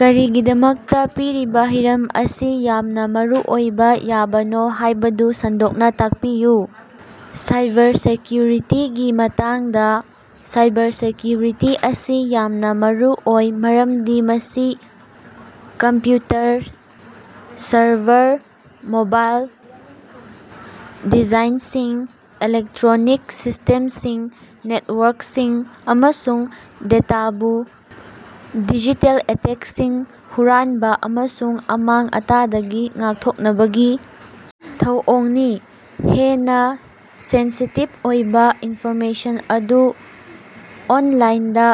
ꯀꯔꯤꯒꯤꯗꯃꯛꯇ ꯄꯤꯔꯤꯕ ꯍꯤꯔꯝ ꯑꯁꯤ ꯌꯥꯝꯅ ꯃꯔꯨꯑꯣꯏꯕ ꯌꯥꯕꯅꯣ ꯍꯥꯏꯕꯗꯨ ꯁꯟꯗꯣꯛꯅ ꯇꯥꯛꯄꯤꯌꯨ꯫ ꯁꯥꯏꯕꯔꯁꯦꯀ‌꯭ꯌꯨꯔꯤꯇꯤꯒꯤ ꯃꯇꯥꯡꯗ꯫ ꯁꯥꯏꯕꯔꯁꯦꯀ꯭ꯌꯨꯔꯤꯇꯤ ꯑꯁꯤ ꯌꯥꯝꯅ ꯃꯔꯨꯑꯣꯏ ꯃꯔꯝꯗꯤ ꯃꯁꯤ ꯀꯝꯄ꯭ꯌꯨꯇꯔ, ꯁꯔꯚꯔ, ꯃꯣꯕꯥꯏꯜ ꯗꯤꯚꯥꯏꯁꯁꯤꯡ, ꯏꯂꯦꯛꯇ꯭ꯔꯣꯅꯤꯛ ꯁꯤꯁ꯭ꯇꯦꯝꯁꯤꯡ, ꯅꯦꯠꯋꯥꯔꯀꯁꯤꯡ, ꯑꯃꯁꯨꯡ ꯗꯦꯇꯥꯕꯨ ꯗꯤꯖꯤꯇꯦꯜ ꯑꯦꯇꯦꯛꯁꯤꯡ, ꯍꯨꯔꯥꯟꯕ ꯑꯃꯁꯨꯡ ꯑꯃꯥꯡ-ꯑꯇꯥꯗꯒꯤ ꯉꯥꯛꯊꯣꯛꯅꯕꯒꯤ ꯊꯧꯑꯣꯡꯅꯤ꯫ ꯍꯦꯟꯅ ꯁꯦꯟꯁꯤꯇꯤꯚ ꯑꯣꯏꯕ ꯏꯟꯐꯣꯔꯃꯦꯁꯟ ꯑꯗꯨ ꯑꯣꯟꯂꯥꯏꯟꯗ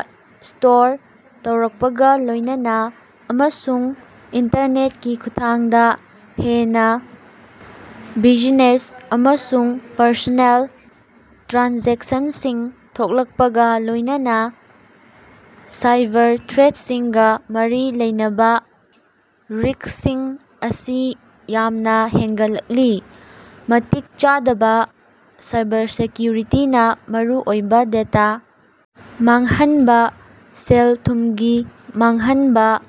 ꯁ꯭ꯇꯣꯔ ꯇꯧꯔꯛꯄꯒ ꯂꯣꯏꯅꯅ, ꯑꯃꯁꯨꯡ ꯏꯟꯇꯔꯅꯦꯠꯀꯤ ꯈꯨꯠꯊꯥꯡꯗ ꯍꯦꯟꯅ ꯕ꯭ꯌꯨꯖꯤꯅꯦꯁ ꯑꯃꯁꯨꯡ ꯄꯔꯁꯣꯅꯦꯜ ꯇ꯭ꯔꯥꯟꯖꯦꯛꯁꯟꯁꯤꯡ ꯊꯣꯛꯂꯛꯄꯒ ꯂꯣꯏꯅꯅ, ꯁꯥꯏꯕꯔ ꯊ꯭ꯔꯦꯠꯁꯤꯡꯒ ꯃꯔꯤ ꯂꯩꯅꯕ ꯔꯤꯁ꯭ꯀꯁꯤꯡ ꯑꯁꯤ ꯌꯥꯝꯅꯥ ꯍꯦꯟꯒꯠꯂꯛꯂꯤ꯫ ꯃꯇꯤꯛ ꯆꯥꯗꯕ ꯁꯥꯏꯕꯔꯁꯦꯀ꯭ꯌꯨꯔꯤꯇꯤꯅ ꯃꯔꯨꯑꯣꯏꯕ ꯗꯦꯇ ꯃꯥꯡꯍꯟꯕ, ꯁꯦꯜ-ꯊꯨꯝꯒꯤ ꯃꯥꯡꯍꯟꯕ,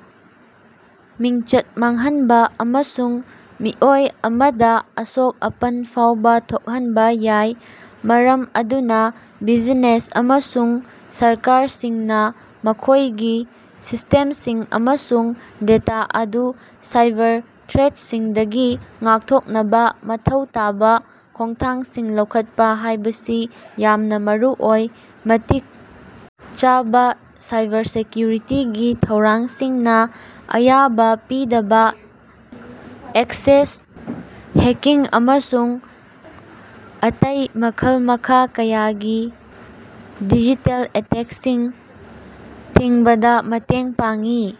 ꯃꯤꯡꯆꯠ ꯃꯥꯡꯍꯟꯕ, ꯑꯃꯁꯨꯡ ꯃꯤꯑꯣꯏ ꯑꯃꯗꯥ ꯑꯁꯣꯛ-ꯑꯄꯟ ꯐꯥꯎꯕ ꯊꯣꯛꯍꯟꯕ ꯌꯥꯏ꯫ ꯃꯔꯝ ꯑꯗꯨꯅ ꯕ꯭ꯌꯨꯖꯤꯅꯦꯁ ꯑꯃꯁꯨꯡ ꯁꯔꯀꯥꯔꯁꯤꯡꯅ ꯃꯈꯣꯏꯒꯤ ꯁꯤꯁ꯭ꯇꯦꯝꯁꯤꯡ ꯑꯃꯁꯨꯡ ꯗꯦꯇꯥ ꯑꯗꯨ ꯁꯥꯏꯕꯔ ꯊ꯭ꯔꯦꯠꯁꯤꯡꯗꯒꯤ ꯉꯥꯛꯊꯣꯛꯅꯕ ꯃꯊꯧ ꯇꯥꯕ ꯈꯣꯡꯊꯥꯡꯁꯤꯡ ꯂꯧꯈꯠꯄ ꯍꯥꯏꯕꯁꯤ ꯌꯥꯝꯅ ꯃꯔꯨꯑꯣꯏ꯫ ꯃꯇꯤꯛ ꯆꯥꯕ ꯁꯥꯏꯕꯔꯁꯦꯀ꯭ꯌꯨꯔꯤꯇꯤꯒꯤ ꯊꯧꯔꯥꯡꯁꯤꯡꯅ ꯑꯌꯥꯕ ꯄꯤꯗꯕ ꯑꯦꯛꯁꯦꯁ, ꯍꯦꯛꯀꯤꯡ ꯑꯃꯁꯨꯡ ꯑꯇꯩ ꯃꯈꯜ-ꯃꯈꯥ ꯀꯌꯥꯒꯤ ꯗꯤꯖꯤꯇꯦꯜ ꯑꯦꯇꯦꯛꯁꯤꯡ ꯊꯤꯡꯕꯗ ꯃꯇꯦꯡ ꯄꯥꯡꯏ